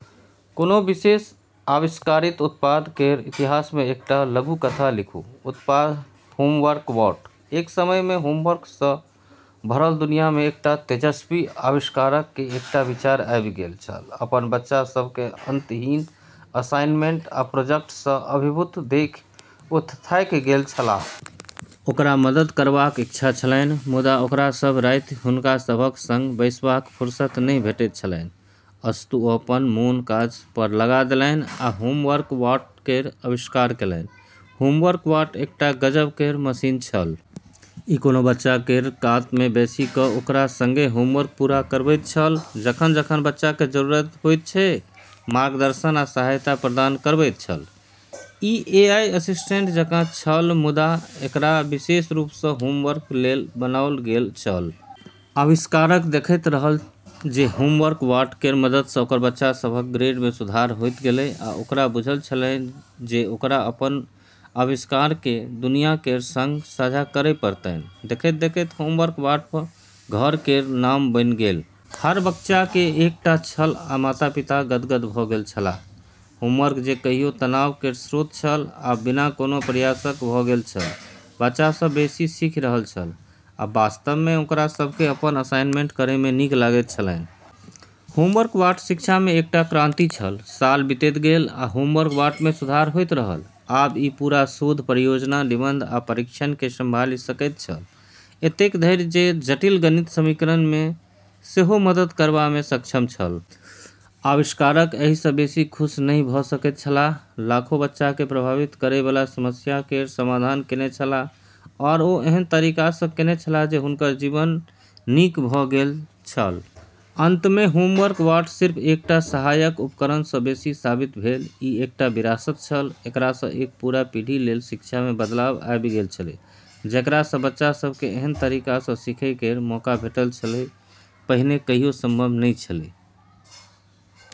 कोनो विशेष आविष्कारित उत्पाद केर इतिहास मे एकटा लघुकथा लिखू। उत्पाद: "होमवर्क बॉट"। एक समय मे होमवर्क सँ भरल दुनिया मे एकटा तेजस्वी आविष्कारक केँ एकटा विचार आबि गेल छल। अपन बच्चा सभ केँ अंतहीन असाइनमेंट आ प्रोजेक्ट सँ अभिभूत देखि ओ थाकि गेल छलाह। ओकरा मदद करबाक इच्छा छलन्हि, मुदा ओकरा सभ राति हुनका सभक संग बैसबाक फुर्सत नहि भेटैत छलन्हि। अस्तु, ओ अपन मोन काज पर लगा देलन्हि आ "होमवर्क बॉट" केर आविष्कार केलन्हि। होमवर्क बॉट एकटा गजब केर मशीन छल। ई कोनो बच्चा केर कात मे बैसि कऽ ओकरा संगे होमवर्क पूरा करबैत छल, जखन-जखन बच्चा केँ जरूरत होइत छै, मार्गदर्शन आ सहायता प्रदान करबैत छल। ई एआई असिस्टेंट जकाँ छल, मुदा एकरा विशेष रूप सँ होमवर्क लेल बनाओल गेल छल। आविष्कारक देखैत रहल जे होमवर्क बॉट केर मदद सँ ओकर बच्चा सभक ग्रेड मे सुधार होइत गेलै, आ ओकरा बुझल छलन्हि जे ओकरा अपन आविष्कार केँ दुनिया केर संग साझा करए पड़तन्हि। देखैत-देखैत होमवर्क बॉट घर केर नाम बनि गेल। हर बच्चा केर एकटा छल आ माता-पिता गदगद भऽ गेल छलाह। होमवर्क जे कहियो तनाव केर स्रोत छल, आब बिना कोनो प्रयासक भऽ गेल छल। बच्चा सभ बेसी सीखि रहल छल, आ वास्तव मे ओकरा सभ केँ अपन असाइनमेंट करए मे नीक लागैत छलन्हि। होमवर्क बॉट शिक्षा मे एकटा क्रांति छल। साल बीतैत गेल, आ होमवर्क बॉट मे सुधार होइत रहल। आब ई पूरा शोध परियोजना, निबंध, आ परीक्षण केँ संभालि सकैत छल। एतेक धरि जे जटिल गणित समीकरण मे सेहो मदद करबा मे सक्षम छल। आविष्कारक एहि सँ बेसी खुश नहि भऽ सकैत छलाह। लाखों बच्चा केँ प्रभावित करए बला समस्या केर समाधान केने छलाह, आओर ओ एहन तरीका सँ केने छलाह जे हुनकर जीवन नीक भऽ गेल छल। अंत मे होमवर्क बॉट सिर्फ एकटा सहायक उपकरण सँ बेसी साबित भेल ई एकटा विरासत छल। एकरा सँ एक पूरा पीढ़ी लेल शिक्षा मे बदलाव आबि गेल छलै, जेकरा सँ बच्चा सभ केँ एहन तरीका सँ सीखै केर मौका भेटलै जे पहिने कहियो संभव नहि छलै।